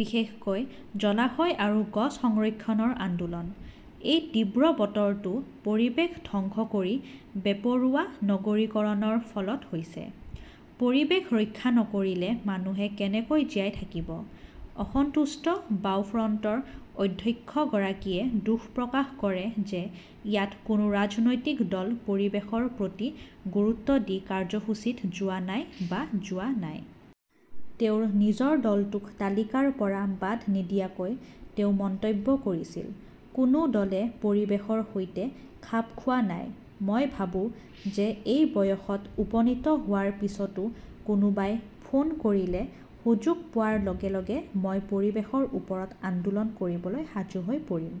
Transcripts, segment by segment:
বিশেষকৈ জলাশয় আৰু গছ সংৰক্ষণৰ আন্দোলন। এই তীব্ৰ বতৰটো পৰিৱেশ ধ্বংস কৰি বেপৰোৱা নগৰীকৰণৰ ফলত হৈছে। পৰিৱেশ ৰক্ষা নকৰিলে মানুহে কেনেকৈ জীয়াই থাকিব? "অসন্তুষ্ট বাওঁ ফ্ৰণ্টৰ অধ্যক্ষগৰাকীয়ে দুখ প্ৰকাশ কৰে যে ইয়াত কোনো ৰাজনৈতিক দলে পৰিৱেশৰ প্ৰতি গুৰুত্ব দি কাৰ্যসূচীত যোৱা নাই বা যোৱা নাই। তেওঁৰ নিজৰ দলটোক তালিকাৰ পৰা বাদ নিদিয়াকৈ তেওঁ মন্তব্য কৰিছিল, "কোনো দলে পৰিৱেশৰ সৈতে খাপ খোৱা নাই। মই ভাবো যে এই বয়সত উপনীত হোৱাৰ পিছতো কোনোবাই ফোন কৰিলে, সুযোগ পোৱাৰ লগে লগে মই পৰিৱেশৰ ওপৰত আন্দোলন কৰিবলৈ সাজু হৈ পৰিম!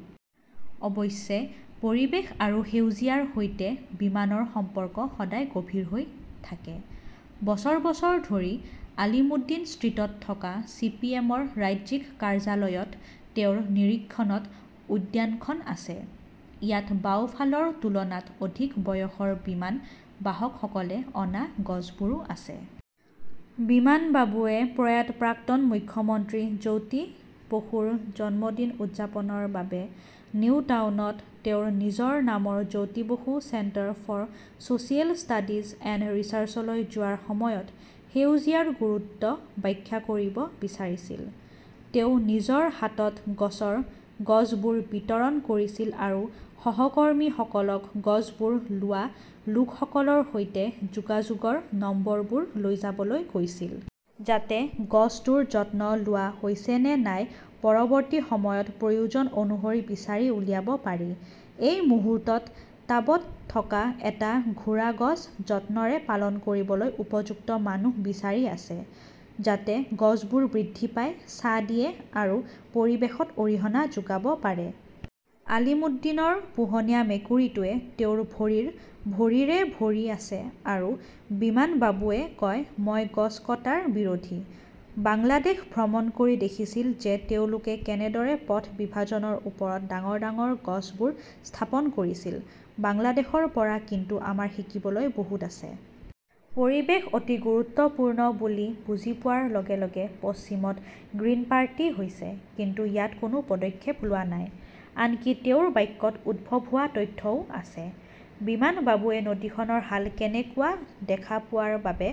"অৱশ্যে, পৰিৱেশ আৰু সেউজীয়াৰ সৈতে বিমানৰ সম্পৰ্ক সদায় গভীৰ হৈ থাকে। বছৰ বছৰ ধৰি আলিমুদ্দিন ষ্ট্ৰীটত থকা চি. পি. এম. -ৰ ৰাজ্যিক কাৰ্যালয়ত তেওঁৰ নিৰীক্ষণত উদ্যানখন আছে। ইয়াত বাওঁফালৰ তুলনাত অধিক বয়সৰ বিমান বাহকসকলে অনা গছবোৰো আছে! বিমানবাবুৱে প্ৰয়াত প্ৰাক্তন মুখ্যমন্ত্ৰী জ্যোতি বসুৰ জন্মদিন উদযাপনৰ বাবে নিউটাউনত তেওঁৰ নিজৰ নামৰ Jyoti Basu centre for so "serial studies and ৰিচাৰ্চলৈ যোৱাৰ সময়ত সেউজীয়াৰ গুৰুত্ব ব্যাখ্যা কৰিব বিচাৰিছিল। তেওঁ নিজৰ হাতত গছৰ গছবোৰ বিতৰণ কৰিছিল আৰু সহকৰ্মীসকলক গছবোৰ লোৱা লোকসকলৰ সৈতে যোগাযোগৰ নম্বৰবোৰ লৈ যাবলৈ কৈছিল। যাতে গছটোৰ যত্ন লোৱা হৈছে নে নাই পৰৱৰ্তী সময়ত প্ৰয়োজন অনুসৰি বিচাৰি উলিয়াব পাৰি। এই মুহূৰ্তত টাবত থকা এটা ঘোঁৰা গছ যত্নৰে পালন কৰিবলৈ উপযুক্ত মানুহ বিচাৰি আছে। যাতে গছবোৰ বৃদ্ধি পায়, ছাঁ দিয়ে আৰু পৰিৱেশত অৰিহণা যোগাব পাৰে। আলিমুদ্দিনৰ পোহনীয়া মেকুৰীটোৱে তেওঁৰ ভৰিৰ ভৰিৰে ভৰি আছে আৰু বিমানবাবুৱে কয়, "মই গছ কটাৰ বিৰোধী। বাংলাদেশ ভ্ৰমণ কৰি দেখিছিল যে তেওঁলোকে কেনেদৰে পথ বিভাজনৰ ওপৰত ডাঙৰ ডাঙৰ গছবোৰ স্থাপন কৰিছিল। বাংলাদেশৰ পৰা কিন্তু আমাৰ শিকিবলৈ বহুত আছে। "পৰিৱেশ অতি গুৰুত্বপূৰ্ণ বুলি বুজি পোৱাৰ লগে লগে পশ্চিমত গ্ৰীণ পাৰ্টি হৈছে কিন্তু ইয়াত কোনো পদক্ষেপ লোৱা হোৱা নাই, আনকি তেওঁৰ বাক্যত উদ্ভৱ হোৱা তথ্যও আছে। বিমানবাবুৱে নদীখনৰ হাল কেনেকুৱা দেখা পোৱাৰ বাবে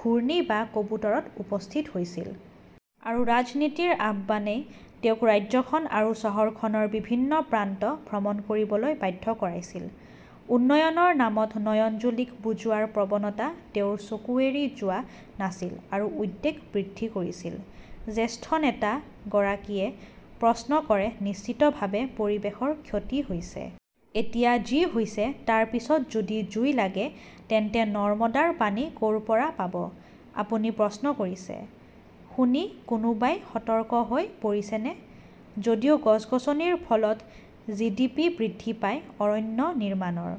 ঘূৰ্ণী বা কবুতৰত উপস্থিত হৈছিল। আৰু ৰাজনীতিৰ আহ্বানই তেওঁক ৰাজ্যখন আৰু চহৰখনৰ বিভিন্ন প্ৰান্ত ভ্ৰমণ কৰিবলৈ বাধ্য কৰাইছিল। উন্নয়নৰ নামত নয়নজুলীক বুজোৱাৰ প্ৰৱণতা তেওঁৰ চকু এৰি যোৱা নাছিল আৰু উদ্বেগ বৃদ্ধি কৰিছিল। জ্যেষ্ঠ নেতা গৰাকীয়ে প্ৰশ্ন কৰে, "নিশ্চিতভাৱে পৰিৱেশৰ ক্ষতি হৈছে। এতিয়া যি হৈছে, তাৰ পিছত যদি জুই লাগে তেন্তে নৰ্দমাৰ পানী ক "ৰ পৰা পাব? "আপুনি প্ৰশ্ন কৰিছে। শুনি কোনোবাই সতৰ্ক হৈ পৰিছেনে? যদিও গছ-গছনিৰ ফলত জিডিপি বৃদ্ধি পায়, অৰণ্য নিৰ্মাণৰ